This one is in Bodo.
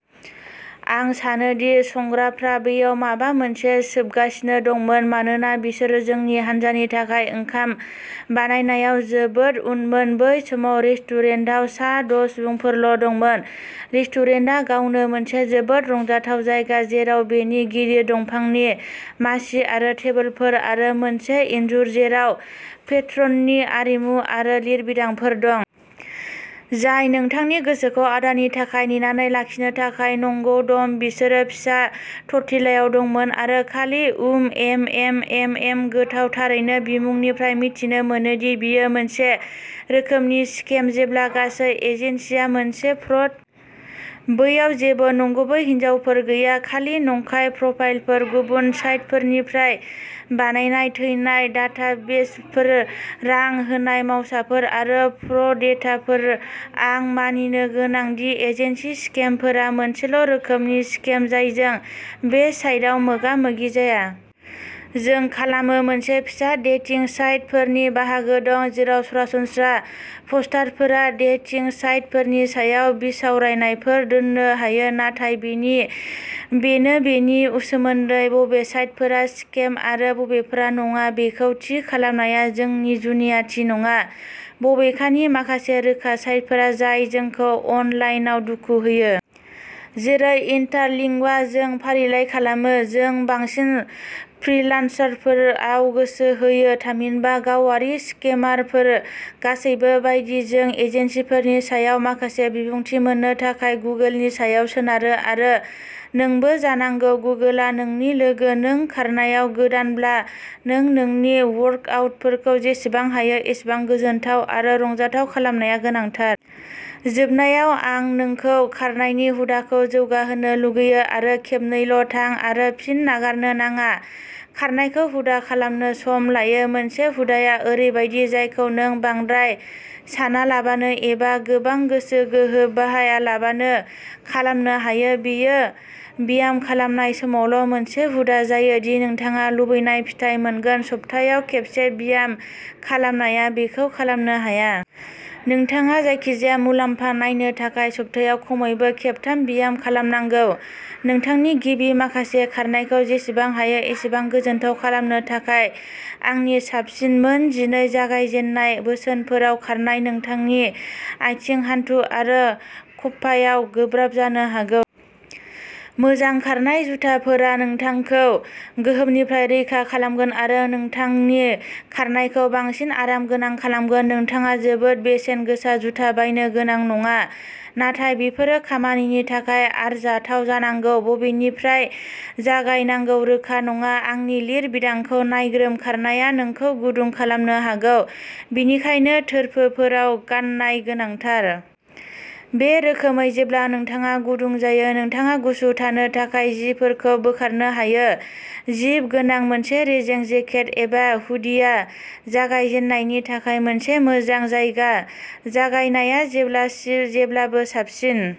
आं सानो दि संग्राफ्रा बैयाव माबा मोनसे सोबगासिनो दंमोन, मानोना बिसोर जोंनि हान्जानि थाखाय ओंखाम बानायनायाव जोबोद उनमोन। बै समाव रेस्टुरेन्टाव सा द' सुबुंफोरल'दंमोन। रेस्टुरेन्टआ गावनो मोनसे जोबोद रंजाथाव जायगा जेराव बेनि गिदिर दंफांनि मासि आरो टेबोलफोर आरो मोनसे इनजुर जेराव पेट्रननि आरिमु आरो लिरबिदांफोर दं। जाय नोंथांनि गोसोखौ आदानि थाखाय नेनानै लाखिनो थाखाय नंगौ डम बिसोर फिसा टर्टिलायाव दंमोन आरो खालि उम एम एम एम एम गोथाव थारैनो बिमुंनिफ्राय मिथिनो मोनोदि, बेयो मोनसे रोखोमनि स्केम जेब्ला गासै एजेन्सिआ मोनसे फ्रड। बैयाव जेबो नंगुबै हिनजावफोर गैया, खालि नंखाय प्रफाइलफोर, गुबुन साइटफोरनिफ्राय बायनाय "थैनाय" डाटाबेसफोर, रां होनाय मावसाफोर आरो प्र' डेटारफोर। आं मानिनो गोनां दि एजेन्सि स्केमफोरा मोनसेल'रोखोमनि स्केम जायजों बे साइटआ मोगा मोगि जाया। जों खालामो मोनसे फिसा डेटिं साइटफोरनि बाहागो दं। जेराव सरासनस्रा पस्टारफोरा डेटिं साइटफोरनि सायाव बिसावरायनायफोर दोननो हायो, नाथाय बेनि बेनो बेनि उसोमोन्दै बबे साइटफोरा स्केम आरो बबेफोरा नङा बेखौ थि खालामनाया जोंनि जुनियाथि नङा, बबेखानि माखासे रोखा साइटफोर जाय जोंखौ अनलाइनआव दुखु होयो। जेरै इन्टारलिंगभ जों फारिलाइ खालामो। जों बांसिन "फ्रीलान्सारफोर" आव गोसो होयो, थामहिनबा गावारि स्केमारफोर गासैबो बायदि जों एजेन्सिफोरनि सायाव माखासे बिबुंथि मोननो थाखाय गुगोलनि सायाव सोनारो। आरो नोंबो जानांगौ गुगोलआ नोंनि लोगो नों खारनायाव गोदानब्ला, नों नोंनि वर्कआउटफोरखौ जेसेबां हायो एसेबां गोजोनथाव आरो रंजाथाव खालामनाया गोनांथार। जोबनायाव आं नोंखौ खारनायनि हुदाखौ जौगाहोनो लुगैयो, आरो खेबनैल'थां आरो फिन नागारनो नाङा। खारनायखौ हुदा खालामनो सम लायो। मोनसे हुदाया ओरैबायदि जायखौ नों बांद्राय सानालाबानो एबा गोबां गोसो गोहो बाहायालाबानो खालामनो हायो। बेयो ब्याम खालामनाय समावल' मोनसे हुदा जायो दि नोंथाङा लुबैनाय फिथाइ मोनगोन सप्तायाव खेबसे ब्याम खालामनाया बेखौ खालामनो हाया। नोंथाङा जायखिजाया मुलाम्फा नायनो थाखाय सप्तायाव खमैबो खेबथाम ब्याम खालामनांगौ। नोंथांनि गिबि माखासे खारनायखौ जेसेबां हायो एसेबां गोजोनथाव खालामनो थाखाय आंनि साबसिन मोन जिनै जागायजेननाय बोसोनफोर खारनाया नोंथांनि आथिं, हान्थु आरो खप्पायाव गोब्राब जानो हागौ। मोजां खारनाय जुथाफोरा नोंथांखौ गोहोमनिफ्राय रैखा खालामगोन आरो नोंथांनि खारनायखौ बांसिन आरामगोनां खालामगोन। नोंथाङा जोबोद बेसेन गोसा जुथा बायनो गोनां नङा, नाथाय बेफोरो खामानिनि थाखाय आरजाथाव जानांगौ। बबेनिफ्राय जागायनांगौ रोखा नङा। आंनि लिरबिदांखौ नायग्रोम, खारनाया नोंखौ गुदुं खालामनो हागौ बेनिखायनो थोरफोफोराव गाननाय गोनांथार। बे रोखोमै जेब्ला नोंथाङा गुदुं जायो, नोंथाङा गुसु थानो थाखाय जिफोरखौ बोखारनो हायो। जिप गोनां मोनसे रेजें जेकेट एबा हुडिया जागायजेन्नायनि थाखाय मोनसे मोजां जायगा। जागायनाया जेब्लासि जेब्लाबो साबसिन।